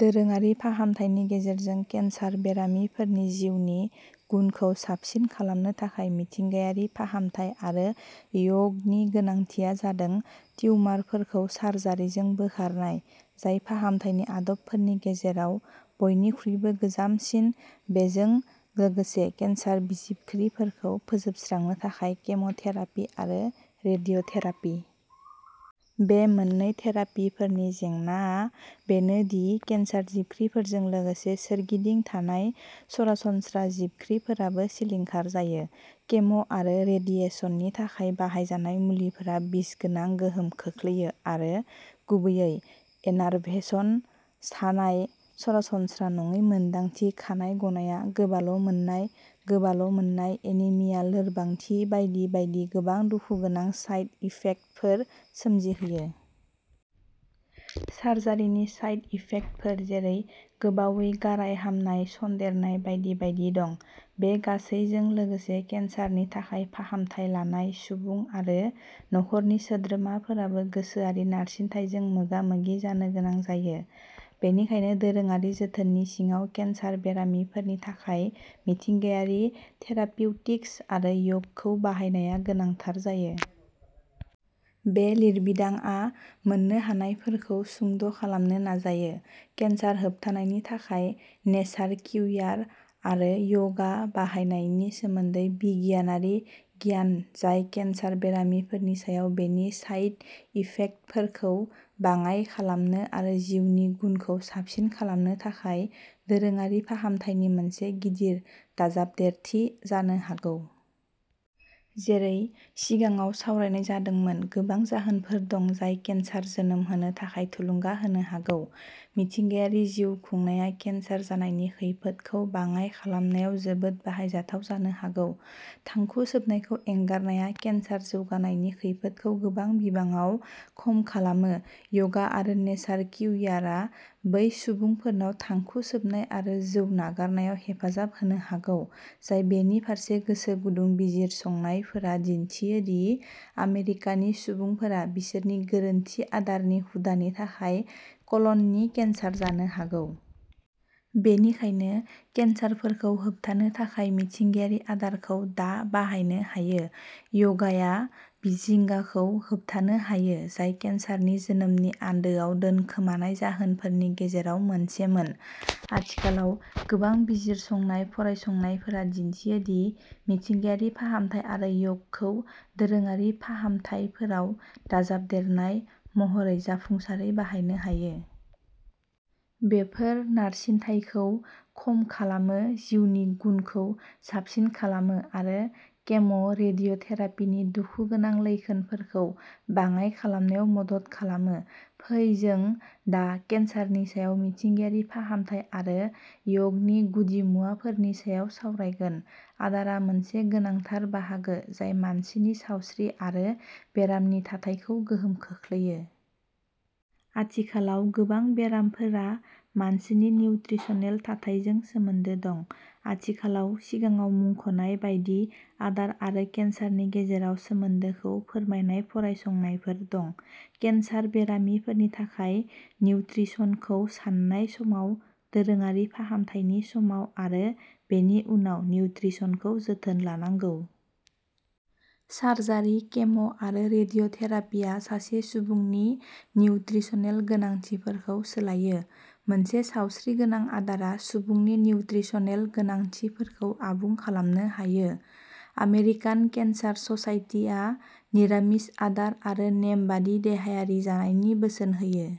दोरोङारि फाहामथायनि गेजेरजों केन्सार बेरामिफोरनि जिउनि गुनखौ साबसिन खालामनो थाखाय मिथिंगायारि फाहामथाय आरो य'गनि गोनांथिया जादों टिउमारफोरखौ सार्जारिजों बोखारनाय जाय फाहामथायनि आदबफोरनि गेजेराव बयनिख्रुइबो गोजामसिन। बेजों लोगोसे केन्सार जिबख्रिफोरखौ फोजोबस्रांनो थाखाय केम'थेरापि आरो रेडिय'थेरापि। बे मोन्नै थेरापिफोरनि जेंनाआ बेनो दि केन्सार जिबख्रिफोरजों लोगोसे सोरगिदिं थानाय सरासनस्रा जिबख्रिफोराबो सिलिंखार जायो। केम'आरो रेडिएसननि थाखाय बाहायजानाय मुलिफोरा बिसगोनां गोहोम खोख्लैयो आरो गुबैयै एनार्भेसन सानाय सरासनस्रा नङै मोन्दांथि खानाय गनाया गोबाल'मोननाय गोबाल'मोननाय एनिमिया लोरबांथि बायदि बायदि गोबां दुखुगोनां साइड इफेक्टफोर सोमजिहोयो। सार्जारिनि साइड इफेक्टफोर जेरै गोबावै गाराय हामनाय सन्देरनाय बायदि बायदि दं। बे गासैजों लोगोसे केन्सारनि थाखाय फाहामथाय लानाय सुबुं आरो नखरनि सोद्रोमाफोराबो गोसोआरि नारसिनथायजों मोगा मोगि जानो गोनां जायो। बेनिखायनो दोरोङारि जोथोननि सिङाव केन्सार बेरामिफोरनि थाखाय मिथिंगायारि थेरापिउटिक्स आरो य'गखौ बाहायनाया गोनांथार जायो। बे लिरबिदांआ मोन्नो हानायफोरखौ सुंद'खालामनो नाजायो। केन्सार होबथानायनि थाखाय नेचार किउयार आरो यगा बाहायनायनि सोमोन्दै बिगियानारि गियान जाय केन्सार बेरामिफोरनि सायाव बेनि साइड इफेक्टफोरखौ बाङाइ खालामनो आरो जिउनि गुनखौ साबसिन खालामनो थाखाय दोरोङारि फाहामथायनि मोनसे गिदिर दाजाबदेरथि जानो हागौ। जेरै सिगाङाव सावरायनाय जादोंमोन गोबां जाहोनफोर दं जाय केन्सार जोनोम होनो थाखाय थुलुंगा होनो हागौ। मिथिंगायारि जिउ खुंनाया केन्सार जानायनि खैफोदखौ बाङाय खालामनायाव जोबोद बाहायजाथाव जानो हागौ। थांखु सोबनायखौ एंगारनाया केन्सार जौगानायनि खैफोदखौ गोबां बिबाङाव खम खालामो यगा आरो नेचार किउयारआ बै सुबुंफोरनाव थांखु सोबनाय आरो जौ नागारनायाव हेफाजाब होनो हागौ जाय बेनि फारसे गोसो गुदुं बिजिरसंनायफोरा दिन्थियो दि आमेरिकानि सुबुंफोरा बिसोरनि गोरोन्थि आदारनि हुदानि थाखाय कलन नि केन्सार जानो हागौ। बेनिखायनो केन्सारफोरखौ होबथानो थाखाय मिथिंगायारि आदारखौ दा बाहायनो हायो। यगाआ जिंगाखौ होबथानो हायो जाय केन्सारनि जोनोमनि आन्दोआव दोनखोमानाय जाहोनफोरनि गेजेराव मोनसेमोन। आथिखालाव गोबां बिजिरसंनाय फरायसंनायफोरा दिन्थियो दि मिथिंगायारि फाहामथाय आरो य'गखौ दोरोङारि फाहामथायफोराव दाजाबदेरनाय महरै जाफुंसारै बाहायनो हायो। बेफोर नारसिनथायखौ खम खालामो जिउनि गुनखौ साबसिन खालामो आरो केम रेडिय'थेरापिनि दुखुगोनां लैखोनफोरखौ बाङाइ खालामनायाव मदद खालामो। फै जों दा केन्सारनि सायाव मिथिंगायारि फाहामथाय आरो य'गनि गुदिमुवाफोरनि सायाव सावरायगोन। आदारा मोनसे गोनांथार बाहागो जाय मानसिनि सावस्रि आरो बेरामनि थाथायखौ गोहोम खोख्लैयो। आथिखालाव गोबां बेरामफोरा मानसिनि निउत्रिसनेल थाथायजों सोमोन्दो दं। आथिखालाव सिगाङाव मुंख'नाय बायदि आदार आरो केन्सारनि गेजेराव सोमोन्दोखौ फोरमायनाय फरायसंनायफोर दं। केन्सार बेरामिफोरनि थाखाय निउत्रिसनखौ सान्नाय समाव दोरोङारि फाहामथायनि समाव आरो बेनि उनाव निउत्रिसनखौ जोथोन लानांगौ। सार्जारि केम'आरो रेडिय'थेरापिआ सासे सुबुंनि निउत्रिसनेल गोनांथिफोरखौ सोलायो। मोनसे सावस्रिगोनां आदारा सुबुंनि निउत्रिसनेल गोनांथिफोरखौ आबुं खालामनो हायो। आमेरिकान केन्सार ससाइटिआ निरामिस आदार आरो नेमबादि देहायारि जानायनि बोसोन होयो।